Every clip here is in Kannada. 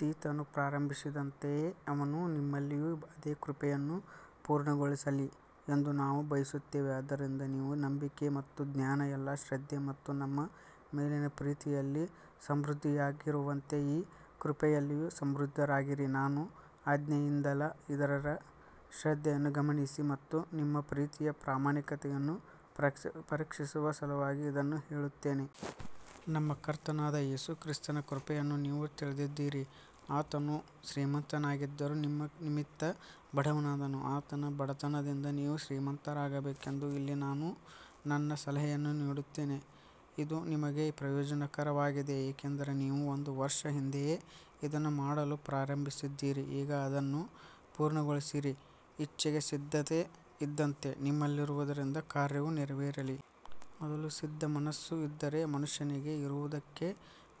ತೀತನು ಪ್ರಾರಂಭಿಸಿದಂತೆಯೇ ಅವನು ನಿಮ್ಮಲ್ಲಿಯೂ ಅದೇ ಕೃಪೆಯನ್ನು ಪೂರ್ಣಗೊಳಿಸಲಿ ಎಂದು ನಾವು ಬಯಸುತ್ತೇವೆ. ಆದ್ದರಿಂದ ನೀವು ನಂಬಿಕೆ, ಮಾತು, ಜ್ಞಾನ, ಎಲ್ಲಾ ಶ್ರದ್ಧೆ ಮತ್ತು ನಮ್ಮ ಮೇಲಿನ ಪ್ರೀತಿಯಲ್ಲಿ ಸಮೃದ್ಧರಾಗಿರುವಂತೆ ಈ ಕೃಪೆಯಲ್ಲಿಯೂ ಸಮೃದ್ಧರಾಗಿರಿ. ನಾನು ಆಜ್ಞೆಯಿಂದಲ್ಲ, ಇತರರ ಶ್ರದ್ಧೆಯನ್ನು ಗಮನಿಸಿ ಮತ್ತು ನಿಮ್ಮ ಪ್ರೀತಿಯ ಪ್ರಾಮಾಣಿಕತೆಯನ್ನು ಪರೀಕ್ಷಿಸುವ ಸಲುವಾಗಿ ಇದನ್ನು ಹೇಳುತ್ತೇನೆ. ನಮ್ಮ ಕರ್ತನಾದ ಯೇಸು ಕ್ರಿಸ್ತನ ಕೃಪೆಯನ್ನು ನೀವು ತಿಳಿದಿದ್ದೀರಿ, ಆತನು ಶ್ರೀಮಂತನಾಗಿದ್ದರೂ ನಿಮ್ಮ ನಿಮಿತ್ತ ಬಡವನಾದನು, ಆತನ ಬಡತನದಿಂದ ನೀವು ಶ್ರೀಮಂತರಾಗಬೇಕೆಂದು. ಇಲ್ಲಿ ನಾನು ನನ್ನ ಸಲಹೆಯನ್ನು ನೀಡುತ್ತೇನೆ, ಇದು ನಿಮಗೆ ಪ್ರಯೋಜನಕರವಾಗಿದೆ, ಏಕೆಂದರೆ ನೀವು ಒಂದು ವರ್ಷ ಹಿಂದೆಯೇ ಇದನ್ನು ಮಾಡಲು ಪ್ರಾರಂಭಿಸಿದ್ದೀರಿ. ಈಗ ಅದನ್ನು ಪೂರ್ಣಗೊಳಿಸಿರಿ, ಇಚ್ಛೆಗೆ ಸಿದ್ಧತೆ ಇದ್ದಂತೆ ನಿಮ್ಮಲ್ಲಿರುವುದರಿಂದ ಕಾರ್ಯವೂ ನೆರವೇರಲಿ. ಮೊದಲು ಸಿದ್ಧಮನಸ್ಸು ಇದ್ದರೆ, ಮನುಷ್ಯನಿಗೆ ಇರುವುದಕ್ಕೆ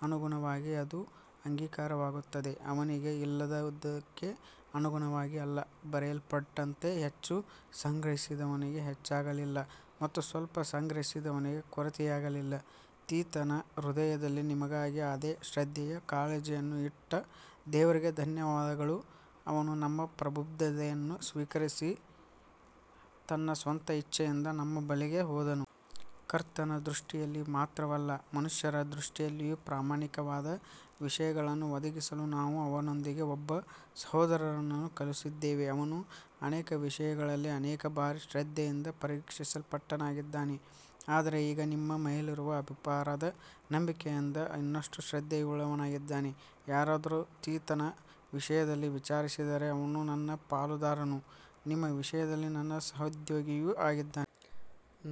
ಅನುಗುಣವಾಗಿ ಅದು ಅಂಗೀಕಾರವಾಗುತ್ತದೆ, ಅವನಿಗೆ ಇಲ್ಲದುದಕ್ಕೆ ಅನುಗುಣವಾಗಿ ಅಲ್ಲ. ಬರೆಯಲ್ಪಟ್ಟಂತೆ, ಹೆಚ್ಚು ಸಂಗ್ರಹಿಸಿದವನಿಗೆ ಹೆಚ್ಚಾಗಲಿಲ್ಲ ಮತ್ತು ಸ್ವಲ್ಪ ಸಂಗ್ರಹಿಸಿದವನಿಗೆ ಕೊರತೆಯಾಗಲಿಲ್ಲ. ತೀತನ ಹೃದಯದಲ್ಲಿ ನಿಮ್ಮಿಗಾಗಿ ಅದೇ ಶ್ರದ್ಧೆಯ ಕಾಳಜಿಯನ್ನು ಇಟ್ಟ ದೇವರಿಗೆ ಧನ್ಯವಾದಗಳು. ಅವನು ನಮ್ಮ ಪ್ರಬೋಧನೆಯನ್ನು ಸ್ವೀಕರಿಸಿ ತನ್ನ ಸ್ವಂತ ಇಚ್ಛೆಯಿಂದ ನಿಮ್ಮ ಬಳಿಗೆ ಹೋದನು. ಕರ್ತನ ದೃಷ್ಟಿಯಲ್ಲಿ ಮಾತ್ರವಲ್ಲ, ಮನುಷ್ಯರ ದೃಷ್ಟಿಯಲ್ಲಿಯೂ ಪ್ರಾಮಾಣಿಕವಾದ ವಿಷಯಗಳನ್ನು ಒದಗಿಸಲು ನಾವು ಅವನೊಂದಿಗೆ ಒಬ್ಬ ಸಹೋದರನನ್ನು ಕಳುಹಿಸಿದ್ದೇವೆ. ಅವನು ಅನೇಕ ವಿಷಯಗಳಲ್ಲಿ ಅನೇಕ ಬಾರಿ ಶ್ರದ್ಧೆಯಿಂದ ಪರೀಕ್ಷಿಸಲ್ಪಟ್ಟವನಾಗಿದ್ದಾನೆ, ಆದರೆ ಈಗ ನಿಮ್ಮ ಮೇಲಿರುವ ಅಪಾರವಾದ ನಂಬಿಕೆಯಿಂದ ಇನ್ನಷ್ಟು ಶ್ರದ್ಧೆಯುಳ್ಳವನಾಗಿದ್ದಾನೆ. ಯಾರಾದರೂ ತೀತನ ವಿಷಯದಲ್ಲಿ ವಿಚಾರಿಸಿದರೆ, ಅವನು ನನ್ನ ಪಾಲುದಾರನೂ ನಿಮ್ಮ ವಿಷಯದಲ್ಲಿ ನನ್ನ ಸಹೋದ್ಯೋಗಿಯೂ ಆಗಿದ್ದಾನೆ.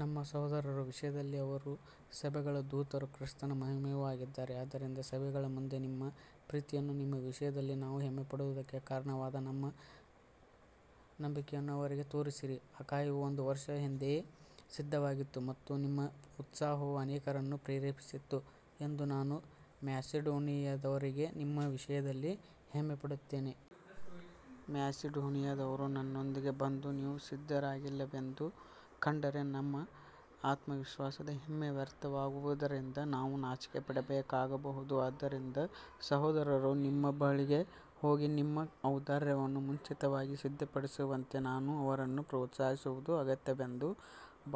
ನಮ್ಮ ಸಹೋದರರ ವಿಷಯದಲ್ಲಿ ಅವರು ಸಭೆಗಳ ದೂತರೂ ಕ್ರಿಸ್ತನ ಮಹಿಮೆಯೂ ಆಗಿದ್ದಾರೆ. ಆದ್ದರಿಂದ ಸಭೆಗಳ ಮುಂದೆ ನಿಮ್ಮ ಪ್ರೀತಿಯನ್ನೂ ನಿಮ್ಮ ವಿಷಯದಲ್ಲಿ ನಾವು ಹೆಮ್ಮೆಪಡುವುದಕ್ಕೆ ಕಾರಣವಾದ ನಮ್ಮ ನಂಬಿಕೆಯನ್ನೂ ಅವರಿಗೆ ತೋರಿಸಿರಿ. ಅಖಾಯವು ಒಂದು ವರ್ಷ ಹಿಂದೆಯೇ ಸಿದ್ಧವಾಗಿತ್ತು ಮತ್ತು ನಿಮ್ಮ ಉತ್ಸಾಹವು ಅನೇಕರನ್ನು ಪ್ರೇರೇಪಿಸಿತು ಎಂದು ನಾನು ಮ್ಯಾಸಿಡೋನಿಯದವರಿಗೆ ನಿಮ್ಮ ವಿಷಯದಲ್ಲಿ ಹೆಮ್ಮೆಪಡುತ್ತೇನೆ. ಮ್ಯಾಸಿಡೋನಿಯದವರು ನನ್ನೊಂದಿಗೆ ಬಂದು ನೀವು ಸಿದ್ಧರಾಗಿಲ್ಲವೆಂದು ಕಂಡರೆ, ನಮ್ಮ ಆತ್ಮವಿಶ್ವಾಸದ ಹೆಮ್ಮೆ ವ್ಯರ್ಥವಾಗುವುದರಿಂದ ನಾವು ನಾಚಿಕೆಪಡಬೇಕಾಗಬಹುದು. ಆದ್ದರಿಂದ ಸಹೋದರರು ನಿಮ್ಮ ಬಳಿಗೆ ಹೋಗಿ, ನಿಮ್ಮ ಔದಾರ್ಯವನ್ನು ಮುಂಚಿತವಾಗಿ ಸಿದ್ಧಪಡಿಸುವಂತೆ ನಾನು ಅವರನ್ನು ಪ್ರೋತ್ಸಾಹಿಸುವುದು ಅಗತ್ಯವೆಂದು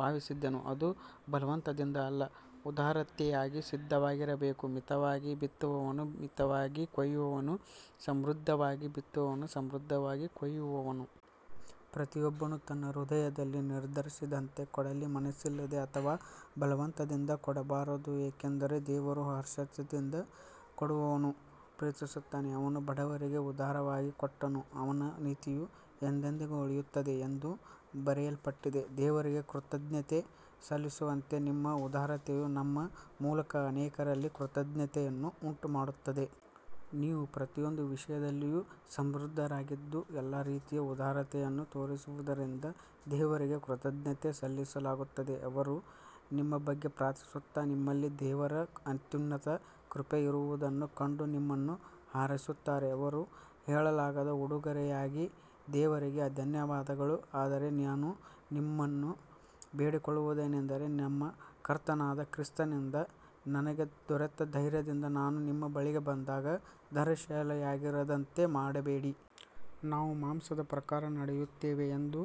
ಭಾವಿಸಿದೆನು. ಅದು ಬಲವಂತದಿಂದ ಅಲ್ಲ, ಉದಾರತೆಯಾಗಿ ಸಿದ್ಧವಾಗಿರಬೇಕು. ಮಿತವಾಗಿ ಬಿತ್ತುವವನು ಮಿತವಾಗಿ ಕೊಯ್ಯುವನು, ಸಮೃದ್ಧವಾಗಿ ಬಿತ್ತುವವನು ಸಮೃದ್ಧವಾಗಿ ಕೊಯ್ಯುವನು. ಪ್ರತಿಯೊಬ್ಬನು ತನ್ನ ಹೃದಯದಲ್ಲಿ ನಿರ್ಧರಿಸಿದಂತೆ ಕೊಡಲಿ, ಮನಸ್ಸಿಲ್ಲದೆ ಅಥವಾ ಬಲವಂತದಿಂದ ಕೊಡಬಾರದು, ಏಕೆಂದರೆ ದೇವರು ಹರ್ಷಚಿತ್ತದಿಂದ ಕೊಡುವವನನ್ನು ಪ್ರೀತಿಸುತ್ತಾನೆ. ಅವನು ಬಡವರಿಗೆ ಉದಾರವಾಗಿ ಕೊಟ್ಟನು, ಅವನ ನೀತಿಯು ಎಂದೆಂದಿಗೂ ಉಳಿಯುತ್ತದೆ ಎಂದು ಬರೆಯಲ್ಪಟ್ಟಿದೆ. ದೇವರಿಗೆ ಕೃತಜ್ಞತೆ ಸಲ್ಲಿಸುವಂತೆ ನಿಮ್ಮ ಉದಾರತೆಯು ನಮ್ಮ ಮೂಲಕ ಅನೇಕರಲ್ಲಿ ಕೃತಜ್ಞತೆಯನ್ನು ಉಂಟುಮಾಡುತ್ತದೆ. ನೀವು ಪ್ರತಿಯೊಂದು ವಿಷಯದಲ್ಲಿಯೂ ಸಮೃದ್ಧರಾಗಿದ್ದು, ಎಲ್ಲಾ ರೀತಿಯ ಉದಾರತೆಯನ್ನು ತೋರಿಸುವುದರಿಂದ ದೇವರಿಗೆ ಕೃತಜ್ಞತೆ ಸಲ್ಲಿಸಲಾಗುತ್ತದೆ. ಅವರು ನಿಮ್ಮ ಬಗ್ಗೆ ಪ್ರಾರ್ಥಿಸುತ್ತಾ, ನಿಮ್ಮಲ್ಲಿ ದೇವರ ಅತ್ಯುನ್ನತ ಕೃಪೆ ಇರುವುದನ್ನು ಕಂಡು ನಿಮ್ಮನ್ನು ಹಾರೈಸುತ್ತಾರೆ. ಅವರ ಹೇಳಲಾಗದ ಉಡುಗೊರೆಯಿಗಾಗಿ ದೇವರಿಗೆ ಧನ್ಯವಾದಗಳು. ಆದರೆ ನಾನು ನಿಮ್ಮನ್ನು ಬೇಡಿಕೊಳ್ಳುವುದೇನೆಂದರೆ, ನಮ್ಮ ಕರ್ತನಾದ ಕ್ರಿಸ್ತನಿಂದ ನನಗೆ ದೊರೆತ ಧೈರ್ಯದಿಂದ ನಾನು ನಿಮ್ಮ ಬಳಿಗೆ ಬಂದಾಗ ಧೈರ್ಯಶಾಲಿಯಾಗಿರದಂತೆ ಮಾಡಬೇಡಿ. ನಾವು ಮಾಂಸದ ಪ್ರಕಾರ ನಡೆಯುತ್ತೇವೆ ಎಂದು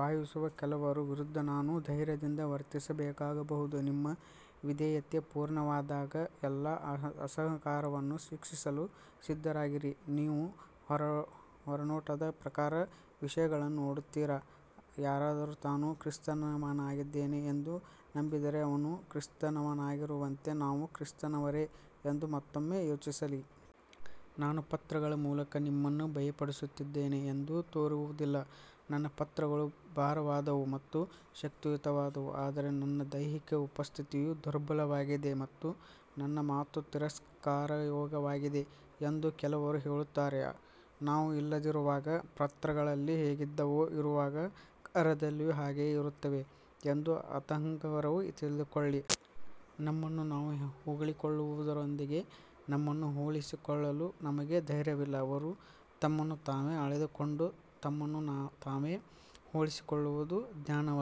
ಭಾವಿಸುವ ಕೆಲವರ ವಿರುದ್ಧ ನಾನು ಧೈರ್ಯದಿಂದ ವರ್ತಿಸಬೇಕಾಗಬಹುದು. ನಿಮ್ಮ ವಿಧೇಯತೆ ಪೂರ್ಣವಾದಾಗ, ಎಲ್ಲಾ ಅಸಹಕಾರವನ್ನು ಶಿಕ್ಷಿಸಲು ಸಿದ್ಧರಾಗಿರಿ. ನೀವು ಹೊರನೋಟದ ಪ್ರಕಾರ ವಿಷಯಗಳನ್ನು ನೋಡುತ್ತೀರಾ. ಯಾರಾದರೂ ತಾನು ಕ್ರಿಸ್ತನವನಾಗಿದ್ದೇನೆ ಎಂದು ನಂಬಿದರೆ, ಅವನು ಕ್ರಿಸ್ತನವನಾಗಿರುವಂತೆ ನಾವೂ ಕ್ರಿಸ್ತನವರೇ ಎಂದು ಮತ್ತೊಮ್ಮೆ ಯೋಚಿಸಲಿ. ನಾನು ಪತ್ರಗಳ ಮೂಲಕ ನಿಮ್ಮನ್ನು ಭಯಪಡಿಸುತ್ತಿದ್ದೇನೆ ಎಂದು ತೋರುವುದಿಲ್ಲ. ನನ್ನ ಪತ್ರಗಳು ಭಾರವಾದವು ಮತ್ತು ಶಕ್ತಿಯುತವಾದವು, ಆದರೆ ನನ್ನ ದೈಹಿಕ ಉಪಸ್ಥಿತಿಯು ದುರ್ಬಲವಾಗಿದೆ ಮತ್ತು ನನ್ನ ಮಾತು ತಿರಸ್ಕಾರಯೋಗ್ಯವಾಗಿದೆ ಎಂದು ಕೆಲವರು ಹೇಳುತ್ತಾರೆ. ನಾವು ಇಲ್ಲದಿರುವಾಗ ಪತ್ರಗಳಲ್ಲಿ ಹೇಗಿದ್ದೇವೋ, ಇರುವಾಗ ಕಾರ್ಯದಲ್ಲಿಯೂ ಹಾಗೆಯೇ ಇರುತ್ತೇವೆ ಎಂದು ಅಂತಹವರು ತಿಳಿದುಕೊಳ್ಳಲಿ. ನಮ್ಮನ್ನು ನಾವು ಹೊಗಳಿಕೊಳ್ಳುವವರೊಂದಿಗೆ ನಮ್ಮನ್ನು ಹೋಲಿಸಿಕೊಳ್ಳಲು ನಮಗೆ ಧೈರ್ಯವಿಲ್ಲ. ಅವರು ತಮ್ಮನ್ನು ತಾವೇ ಅಳೆದುಕೊಂಡು ತಮ್ಮನ್ನು ತಾವೇ ಹೋಲಿಸಿಕೊಳ್ಳುವುದು ಜ್ಞಾನವಲ್ಲ.